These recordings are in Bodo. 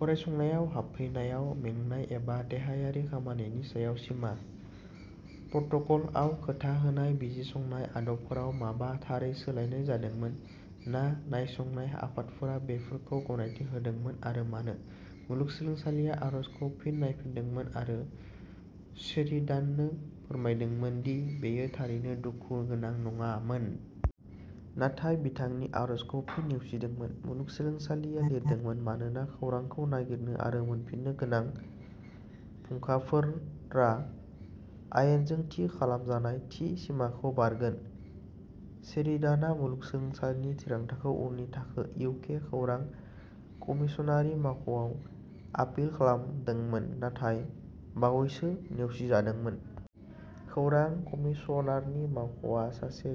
फरायसंनायाव हाबफैनायाव मेंनाय एबा देहायारि खामानिनि सायाव सिमा? प्रट'कलआव खोथा होनाय बिजिरसंनाय आदबफोराव माब्ला थारै सोलायनाय जादोंमोन, मा नायसंनाय आफादफोरा बेफोरखौ गनायथि होदोंमोन, आरो मानो? मुलुगसोलोंसालिया आरजखौ फिन नायफिनदोंमोन आरो शेरिडाननो फोरमायदोंमोन दि बेयो थारैनो "दुखु गोनां" नङामोन। नाथाय बिथांनि आरजखौ फिन नेवसिदोंमोन, मुलुगसोलोंसालिया लिरदोंमोन, मानोना खौरांखौ नागिरनो आरो मोनफिन्नो गोनां फुंखाफोरा आयेनजों थि खालामजानाय "थि सिमाखौ बारगोन"। शेरिडानआ मुलुगसोलोंसालिनि थिरांथाखौ उननि थाखो, इउ. के. खौरां कमिसनारनि मावख'आव आपिल खालामदोंमोन, नाथाय बावैसो नेवसिजादोंमोन। खौरां कमिसनारनि मावख'आ सासे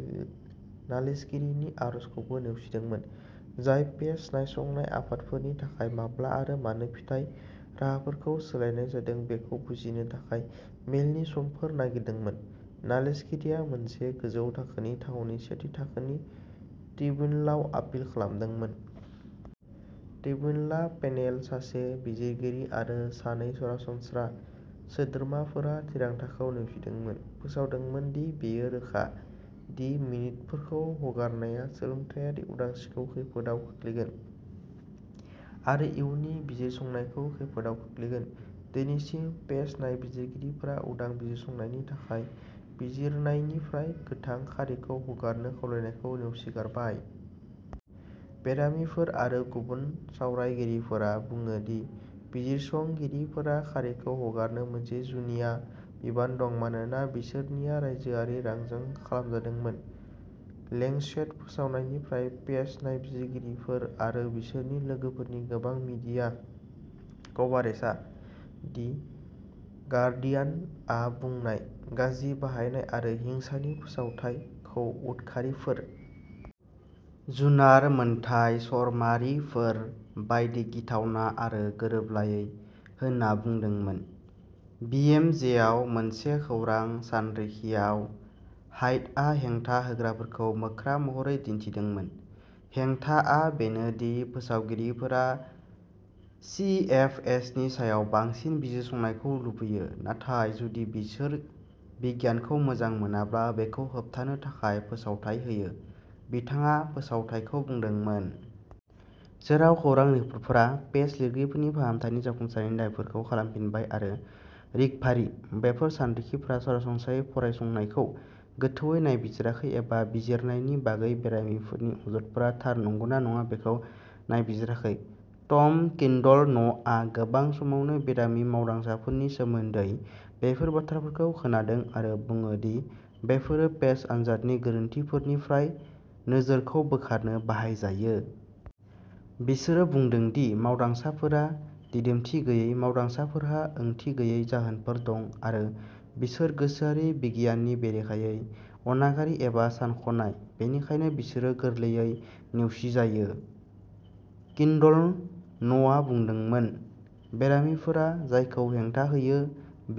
नालिसगिरिनि आरजखौबो नेवसिदोंमोन, जाय पेस नायसंनाय आफादफोरनि थाखाय माब्ला आरो मानो फिथाय राहाफोरखौ सोलायनाय जादों बेखौ बुजिनो थाखाय मेलनि समफोर नागिरदोंमोन। नालिसगिरिआ मोनसे गोजौ थाखोनि थावनि, सेथि थाखोनि ट्रिब्युनलाव आपिल खालामदोंमोन। ट्रिब्युनल पेनेल-सासे बिजिरगिरि आरो सानै सरासनस्रा सोद्रोमाफोरा-थिरांथाखौ नेवसिदोंमोन, फोसावदोंमोन दि बेयो "रोखा" दि मिनितफोरखौ हगारनाया सोलोंथायारि उदांस्रिखौ खैफोदाव खोख्लैगोन आरो इयुननि बिजिरसंनायखौ खैफोदाव खोख्लैगोन। दिनैसिम, पेस नायबिजिरगिरिफोरा उदां बिजिरसंनायनि थाखाय बिजिरनायनिफ्राय गोथां खारिखौ हगारनो खावलायनायखौ नेवसिगारबाय। बेरामिफोर आरो गुबुन सावरायगिरिफोरा बुङो दि बिजिरसंगिरिफोरा खारिखौ हगारनो मोनसे जुनिया बिबान दं मानोना बिजिरनाया रायजोआरि रांजों खालामजादोंमोन। लेंसेट फोसावनायनिफ्राय, पेस नायबिजिरगिरिफोर आरो बिसोरनि लोगोफोरनि गोबां मिडिया कभारेजआ दि गार्डियानआ बुंनाय "गाज्रि बाहायनाय आरो हिंसानि फोसावथाय" खौ "उदखारिफोर... जुनार मोनथाय चरमारिफोर बायदि गिथावना आरो गोरोबलायै" होन्ना बुंदोंमोन। बिएमजेआव मोनसे खौरां सानरिखियाव, ह्वाइटआ हेंथा होग्राफोरखौ मोख्रा महरै दिन्थिदोंमोन। "हेंथाआ बेनो दि फोसावगिरिफोरा सिएफएसनि सायाव बांसिन बिजिरसंनायखौ लुबैयो, नाथाय जुदि बिसोर बिगियानखौ मोजां मोनाब्ला बेखौ होबथानो थाखाय फोसावथाय होयो", बिथाङा फोसावथायखौ बुंदोंमोन। जेराव खौरां रिपर्टफोरा पेस लिरगिरिफोरनि फाहामथायनि जाफुंसारनायनि दाबिफोरखौ खालामफिनबाय आरो "रिकभारि", बेफोर सानरिखिफोरा सरासनस्रायै फरायसंनायखौ गोथौवै नायबिजिराखै एबा बिजिरनायनि बागै बेरामिफोरनि अजदफोरा थार नंगौना नङा बेखौ नायबिजिराखै। टम किन्डल'नआ गोबां समावनो बेरामि मावदांसाफोरनि सोमोन्दै बेफोर बाथ्राफोरखौ खोनादों आरो बुङो दि बेफोरो पेस आनजादनि गोरोन्थिफोरनिफ्राय नोजोरखौ बोखारनो बाहायजायो। "बिसोरो बुंदों दि मावदांसाफोरा दिदोमथि गैयै, मावदांसाफोरहा ओंथि गैयै जाहोनफोर दं आरो बिसोर गोसोआरि बिगियाननि बेरेखायै अनागारि एबा सानख'नाय, बेनिखायनो बिसोरो गोरलैयै नेवसिजायो", किन्डल'नआ बुंदोंमोन। बेरामिफोरा जायखौ हेंथा होयो,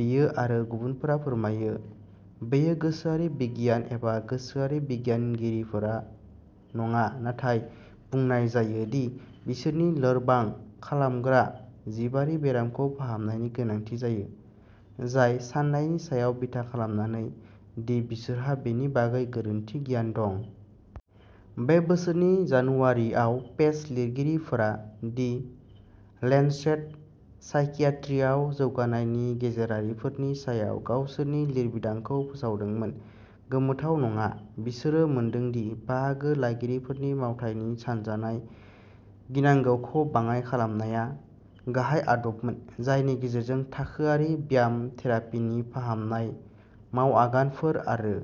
बियो आरो गुबुनफोरा फोरमायो, बेयो गोसोआरि बिगियान एबा गोसोआरि बिगियानगिरिफोर नङा, नाथाय बुंनाय जायो दि बिसोरनि लोरबां खालामग्रा जिबारि बेरामखौ फाहामनायनि गोनांथि जायो, जाय साननायनि सायाव बिथा खालामनानै दि बिसोरहा बेनि बागै गोरोन्थि गियान दं। बे बोसोरनि जानुवारिआव, पेस लिरगिरिफोरा दि लेन्सेट साइकियाट्रीआव जौगानायनि गेजेरारिफोरनि सायाव गावसोरनि लिरबिदांखौ फोसावदोंमोन। गोमोथाव नङा, बिसोरो मोनदों दि बाहागो लागिरिफोरनि मावथायनि सानजानाय गिनांगौखौ बाङाइ खालामनाया गाहाय आदबमोन जायनि गेजेरजों थाखोआरि ब्याम थेरापीनि फाहामनाय मावआगानफोर आरो